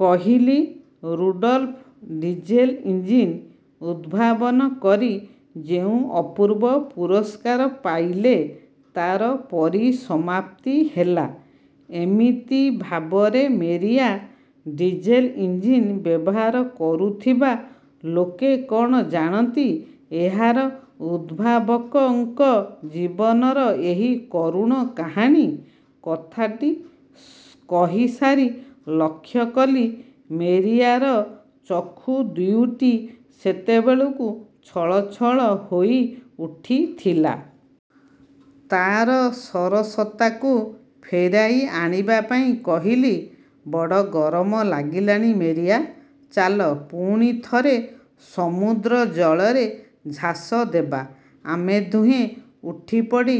କହିଲି, ''Rudolf Diesel engine ଉଦ୍ଭାବନ କରି ଯେଉଁ ଅପୂର୍ବ ପୁରସ୍କାର ପାଇଲେ, ତା'ର ପରିସମାପ୍ତି ହେଲା ଏମିତି ଭାବରେ ମେରିଆ। ଡିଜେଲ ଇଞ୍ଜିନ୍ ବ୍ୟବହାର କରୁଥିବା ଲୋକେ କ'ଣ ଜାଣନ୍ତି ଏହାର ଉଦ୍ଭାବକଙ୍କ ଜୀବନର ଏହି କରୁଣ କାହାଣୀ? କଥାଟି କହିସାରି ଲକ୍ଷ୍ୟକଲି ମେରିଆର ଚକ୍ଷୁ ଦୁଇଟି ସେତେବେଳକୁ ଛଳଛଳ ହୋଇ ଉଠିଥିଲା। ତାର ସରସତାକୁ ଫେରାଇ ଆଣିବା ପାଇଁ କହିଲି, ''ବଡ଼ ଗରମ ଲାଗିଲାଣି ମେରିଆ, ଚାଲ ପୁଣି ଥରେ ସମୁଦ୍ର ଜଳରେ ଝାସ ଦେବା। '' ଆମେ ଦୁହେଁ ଉଠିପଡ଼ି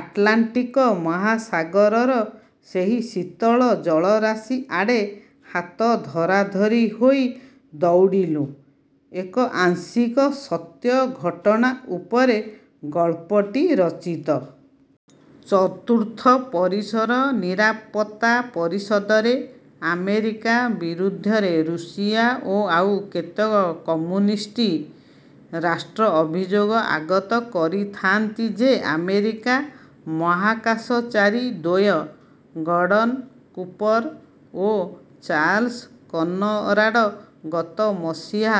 ଆଟଲାଣ୍ଟିକ ମହାସାଗରର ସେହି ଶୀତଳ ଜଳରାଶିଆଡ଼େ ହାତ ଧରାଧରି ହୋଇ ଦୌଡ଼ିଲୁଁ। ଏକ ଆଂଶିକ ସତ୍ୟ ଘଟଣା ଉପରେ ଗଳ୍ପଟି ରଚିତ। ଚତୁର୍ଥ ପରିସର ନିରାପତ୍ତା ପରିଷଦରେ ଆମେରିକା ବିରୁଦ୍ଧରେ ଋଷିଆ ଓ ଆଉ କେତେକ କମ୍ୟୁନିଷ୍ଟ ରାଷ୍ଟ୍ର ଅଭିଯୋଗ ଆଗତ କରିଥାନ୍ତି ଯେ ଆମେରିକା ମହାକାଶଚାରୀ ଦ୍ୱୟ ଗର୍ଡ଼ନ କୁପର ଓ ଚାର୍ଲସ କନରାଡ଼ ଗତ ମସିହା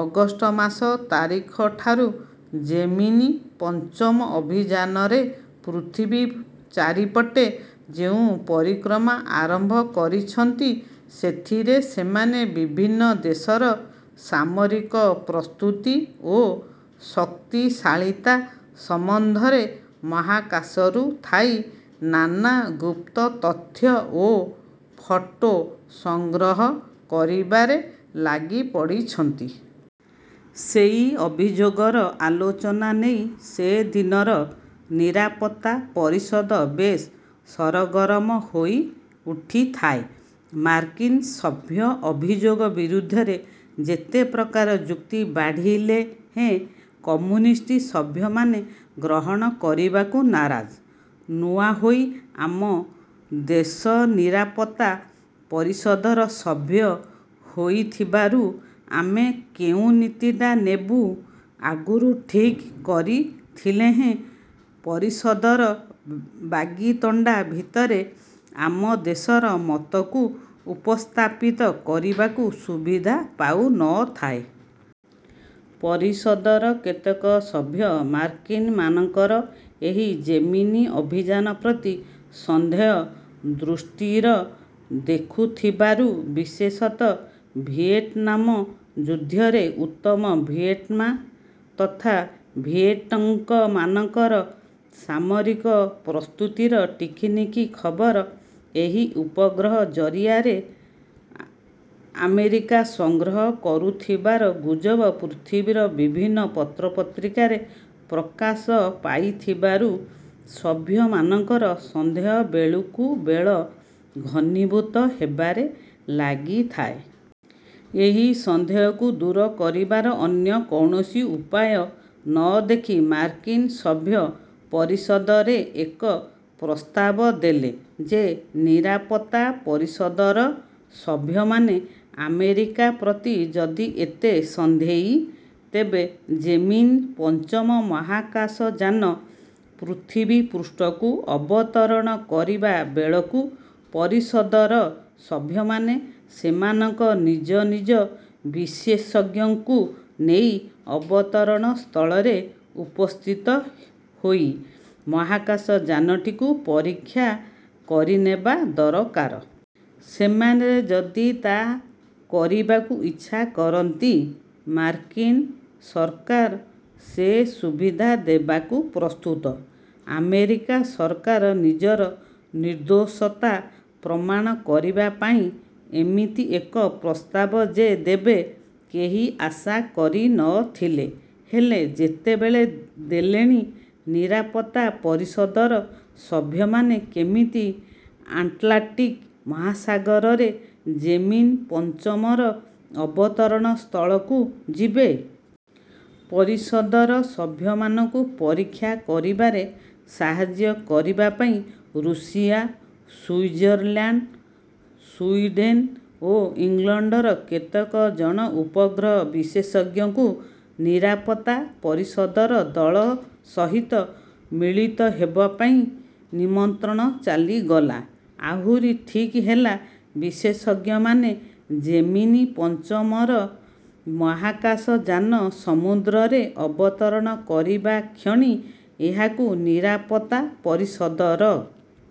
ଅଗଷ୍ଟ ମାସ ତାରିଖଠାରୁ ଯେମିନୀ ପଞ୍ଚମ ଅଭିଯାନରେ ପୃଥିବୀ ଚାରିପଟେ ଯେଉଁ ପରିନ୍ତ୍ରମା ଆରମ୍ବ କରିଛନ୍ତି, ସେଥିରେ ସେମାନେ ବିଭିନ୍ନ ଦେଶର ସାମରିକ ପ୍ରସ୍ତୁତି ଓ ଶକ୍ତିଶାଳୀତା ସମ୍ବନ୍ଧରେ ମହାକାଶରୁ ଥାଇ ନାନା ଗୁପ୍ତ ତଥ୍ୟ ଓ ଫଟୋ ସଂଗ୍ରହ କରିବାରେ ଲାଗିପଡ଼ିଛନ୍ତି। ସେଇ ଅଭିଯୋଗର ଆଲୋଚନା ନେଇ ସେଦିନର ନିରାପତ୍ତା ପରିଷଦ ବେଶ୍ ସରଗରମ ହୋଇ ଉଠିଥାଏ। ମାର୍କିନ ସଭ୍ୟ ଅଭିଯୋଗ ବିରୁଦ୍ଧରେ ଯେତେ ପ୍ରକାର ଯୁକ୍ତି ବାଢ଼ିଲେ ହେ କମ୍ୟୁନିଷ୍ଟ ସଭ୍ୟମାନେ ଗ୍ରହଣ କରିବାକୁ ନାରାଜ। ନୂଆହୋଇ ଆମ ଦେଶନିରାପତ୍ତା ପରିଷଦର ସଭ୍ୟ ହୋଇଥିବାରୁ ଆମେ କେଉଁ ନୀତିଟା ନେବୁଁ, ଆଗରୁ ଠିକ୍ କରିଥିଲେହେଁ ପରିଷଦର ବାଗ୍ବିତଣ୍ଡା ଭିତରେ ଆମ ଦେଶର ମତକୁ ଉପସ୍ଥାପିତ କରିବାକୁ ସୁବିଧା ପାଉ ନ ଥାଏ। ପରିଷଦର କେତେକ ସଭ୍ୟ ମାର୍କିନମାନଙ୍କର ଏହି ଜେମିନୀ ଅଭିଯାନ ପ୍ରତି ସନ୍ଦେହ ଦୃଷ୍ଟିର ଦେଖୁଥିବାରୁ ବିଶେଷତଃ ଭିଏଟନାମ ଯୁଦ୍ଧରେ ଉତ୍ତର ଭିଏଟ୍ନାମ ତଥା ଭିଏଟ୍କଙ୍ଗମାନଙ୍କର ସାମରିକ ପ୍ରସ୍ତୁତିର ଟିକିନିଖି ଖବର ଏହି ଉପଗ୍ରହ ଜରିଆରେ ଆମେରିକା ସଂଗ୍ରହ କରୁଥିବାର ଗୁଜବ ପୃଥିବୀର ବିଭିନ୍ନ ପତ୍ରପତ୍ରିକାରେ ପ୍ରକାଶ ପାଇଥିବାରୁ ସଭ୍ୟମାନଙ୍କର ସନ୍ଦେହବେଳକୁ ବେଳ ଘନୀଭୂତ ହେବାରେ ଲାଗିଥାଏ। ଏହି ସନ୍ଦେହକୁ ଦୂର କରିବାର ଅନ୍ୟ କୌଣସି ଉପାୟ ନ ଦେଖି ମାର୍କିନ ସଭ୍ୟ ପରିଷଦରେ ଏକ ପ୍ରସ୍ତାବ ଦେଲେ ଯେ ନିରାପତ୍ତା ପରିଷଦର ସଭ୍ୟମାନେ ଆମେରିକା ପ୍ରତି ଯଦି ଏତେ ସନ୍ଦେହୀ, ତେବେ ଜେମିନୀ-ପଞ୍ଚମ ମହାକାଶଯାନ ପୃଥିବୀପୃଷ୍ଠକୁ ଅବତରଣ କରିବା ବେଳକୁ ପରିଷଦର ସଭ୍ୟମାନେ ସେମାନଙ୍କ ନିଜ ନିଜ ବିଶେଷଜ୍ଞଙ୍କୁ ନେଇ ଅବତରଣ ସ୍ଥଳରେ ଉପସ୍ଥିତ ହୋଇ ମହାକାଶଯାନଟିକୁ ପରୀକ୍ଷା କରିନେବା ଦରକାର। ସେମାନେ ଯଦି ତା କରିବାକୁ ଇଚ୍ଛା କରନ୍ତି, ମାର୍କିନ ସରକାର ସେ ସୁବିଧା ଦେବାକୁ ପ୍ରସ୍ତୁତ। ଆମେରିକା ସରକାର ନିଜର ନିର୍ଦ୍ଦୋଷତା ପ୍ରମାଣ କରିବା ପାଇଁ ଏମିତି ଏକ ପ୍ରସ୍ତାବ ଯେ ଦେବେ, କେହି ଆଶା କରି ନ ଥିଲେ। ହେଲେ ଯେତେବେଳେ ଦେଲେଣି, ନିରାପତ୍ତା ପରିଷଦର ସଭ୍ୟମାନେ କେମିତି ଆଟଲାଣ୍ଟିକ ମହାସାଗରରେ ଜେମିନୀ ପଞ୍ଚମର ଅବତରଣ ସ୍ଥଳକୁ ଯିବେ। ପରିଷଦର ସଭ୍ୟମାନଙ୍କୁ ପରୀକ୍ଷା କରିବାରେ ସାହାଯ୍ୟ କରିବା ପାଇଁ ଋଷିଆ, ସୁଇଜେଲାଣ୍ଡ, ସୁଇଡେନ ଓ ଇଂଲଣ୍ଡର କେତେ ଜଣ ଉପଗ୍ରହ ବିଶେଷଜ୍ଞଙ୍କୁ ନିରାପତ୍ତା ପରିଷଦର ଦଳ ସହିତ ମଳିତ ହେବ ପାଇଁ ନିମନ୍ତ୍ରଣ ଚାଲିଗଲା-। ଆହୁରି ଠିକ୍ ହେଲା, ବିଶେଷଜ୍ଞମାନେ କେମିନୀ ପଞ୍ଚମର। ମହାକାଶଯାନ ସମୁଦ୍ରରେ ଅବତରଣ କରିବା କ୍ଷଣି ଏହାକୁ ନିରାପତ୍ତାପରିଷଦର